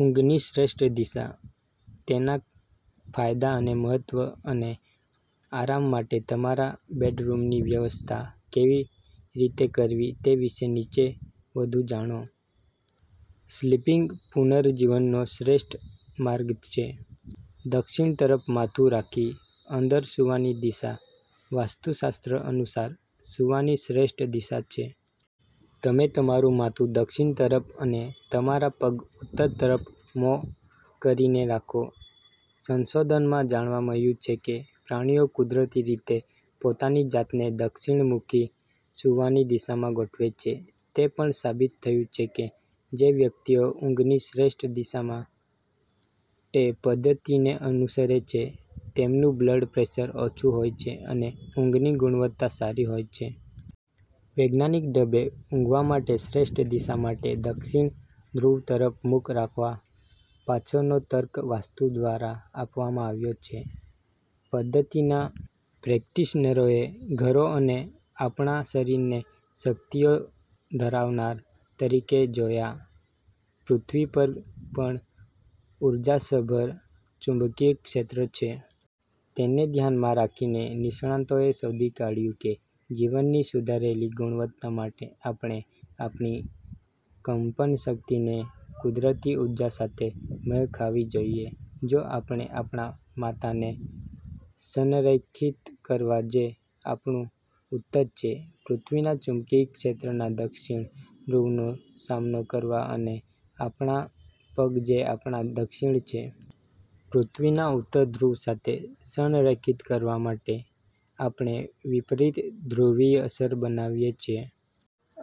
ઊંઘની શ્રેષ્ઠ દિશા, તેના ફાયદા અને મહત્વ અને આરામ માટે તમારા બેડરૂમની વ્યવસ્થા કેવી રીતે કરવી તે વિશે નીચે વધુ જાણો. સ્લીપિંગ પુનર્જીવનનો શ્રેષ્ઠ માર્ગ છે. દક્ષિણ તરફ માથું રાખી અંદર સૂવાની દિશા વાસ્તુશાસ્ત્ર અનુસાર સૂવાની શ્રેષ્ઠ દિશા છે. તમે તમારું માથું દક્ષિણ તરફ અને તમારા પગ ઉત્તર તરફ મોં કરીને રાખો. સંશોધનમાં જાણવા મળ્યું છે કે પ્રાણીઓ કુદરતી રીતે પોતાની જાતને દક્ષિણ-મુખી સૂવાની દિશામાં ગોઠવે છે. તે પણ સાબિત થયું છે કે જે વ્યક્તિઓ ઊંઘની શ્રેષ્ઠ દિશા માટેપદ્ધતિને અનુસરે છે તેમનું બ્લડ પ્રેશર ઓછું હોય છે અને ઊંઘની ગુણવત્તા સારી હોય છે. વૈજ્ઞાનિક ઢબે ઊંઘવા માટે શ્રેષ્ઠ દિશા માટે દક્ષિણ ધ્રુવ તરફ મુખ રાખવા પાછળનો તર્ક વાસ્તુ દ્વારા આપવામાં આવ્યો છે. પદ્ધતિના પ્રેક્ટિશનરોએ ઘરો અને આપણા શરીરને શક્તિઓ ધરાવનાર તરીકે જોયા. પૃથ્વી પર પણ ઊર્જાસભર ચુંબકીય ક્ષેત્ર છે. તેને ધ્યાનમાં રાખીને, નિષ્ણાતોએ શોધી કાઢ્યું કેજીવનની સુધારેલી ગુણવત્તા માટે, આપણે આપણી કંપન શક્તિને કુદરતી ઊર્જા સાથે મેળ ખાવી જોઈએ. જો આપણે આપણા માથાને સંરેખિત કરવા જે આપણું ઉત્તર છે, પૃથ્વીના ચુંબકીય ક્ષેત્રના દક્ષિણ ધ્રુવનો સામનો કરવા અને આપણા પગ જે આપણા દક્ષિણ છે, પૃથ્વીના ઉત્તર ધ્રુવ સાથે સંરેખિત કરવા માટે, આપણે વિપરીત ધ્રુવીય અસર બનાવીએ છીએ.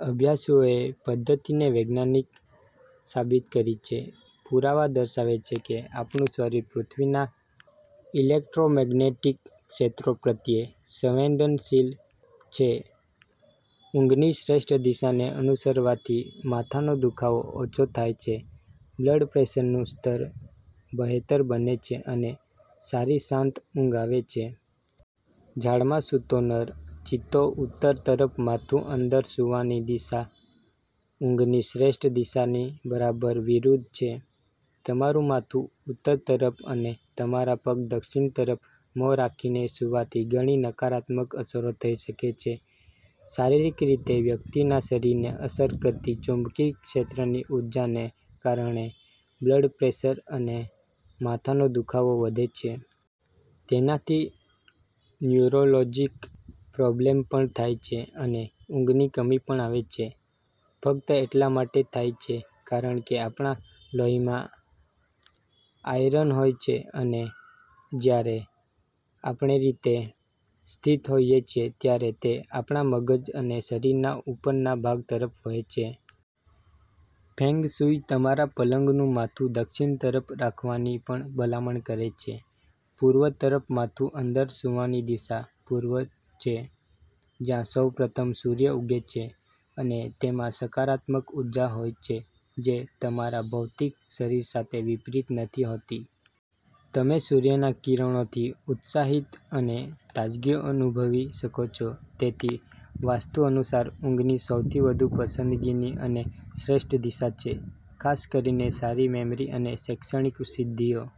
અભ્યાસુઓએ પદ્ધતિને વૈજ્ઞાનિક સાબિત કરી છે. પુરાવા દર્શાવે છે કે આપણું શરીર પૃથ્વીના ઇલેક્ટ્રોમેગ્નેટિક ક્ષેત્રો પ્રત્યે સંવેદનશીલ છે. ઊંઘની શ્રેષ્ઠ દિશાને અનુસરવાથી માથાનો દુખાવો ઓછો થાય છે, બ્લડ પ્રેશરનું સ્તર બહેતર બને છે અને સારી શાંત ઊંઘ આવે છે. ઝાડમાં સૂતો નર ચિત્તો ઉત્તર તરફ માથુંઅંદર સૂવાની દિશાઊંઘની શ્રેષ્ઠ દિશાની બરાબર વિરુદ્ધ છે. તમારું માથું ઉત્તર તરફ અને તમારા પગ દક્ષિણ તરફ મોં રાખીને સૂવાથી ઘણી નકારાત્મક અસરો થઈ શકે છે. શારીરિક રીતે, વ્યક્તિના શરીરને અસર કરતી ચુંબકીય ક્ષેત્રની ઊર્જાને કારણે બ્લડ પ્રેશર અને માથાનો દુખાવો વધે છે. તેનાથી ન્યુરોલોજિકલ પ્રોબ્લેમ પણ થાય છે અને ઊંઘની કમી પણ આવે છે. ફક્ત એટલા માટે થાય છે કારણ કે આપણા લોહીમાં આયર્ન હોય છે અને જ્યારે આપણેરીતે સ્થિત હોઈએ છીએ ત્યારે તે આપણા મગજ અને શરીરના ઉપરના ભાગ તરફ વહે છે. ફેંગશુઈ તમારા પલંગનું માથું દક્ષિણ તરફ રાખવાની પણ ભલામણ કરે છે. પૂર્વ તરફ માથુંઅંદર સૂવાની દિશા પૂર્વછે જ્યાં સૌપ્રથમ સૂર્ય ઉગે છે અને તેમાં સકારાત્મક ઉર્જા હોય છે જે તમારા ભૌતિક શરીર સાથે વિપરીત નથી હોતી. તમે સૂર્યના કિરણોથી ઉત્સાહિત અને તાજગી અનુભવી શકો છો. તેથી, વાસ્તુ અનુસાર ઊંઘની સૌથી વધુ પસંદગીની અને શ્રેષ્ઠ દિશા છે. ખાસ કરીને સારી મેમરી અને શૈક્ષણિક સિદ્ધિઓ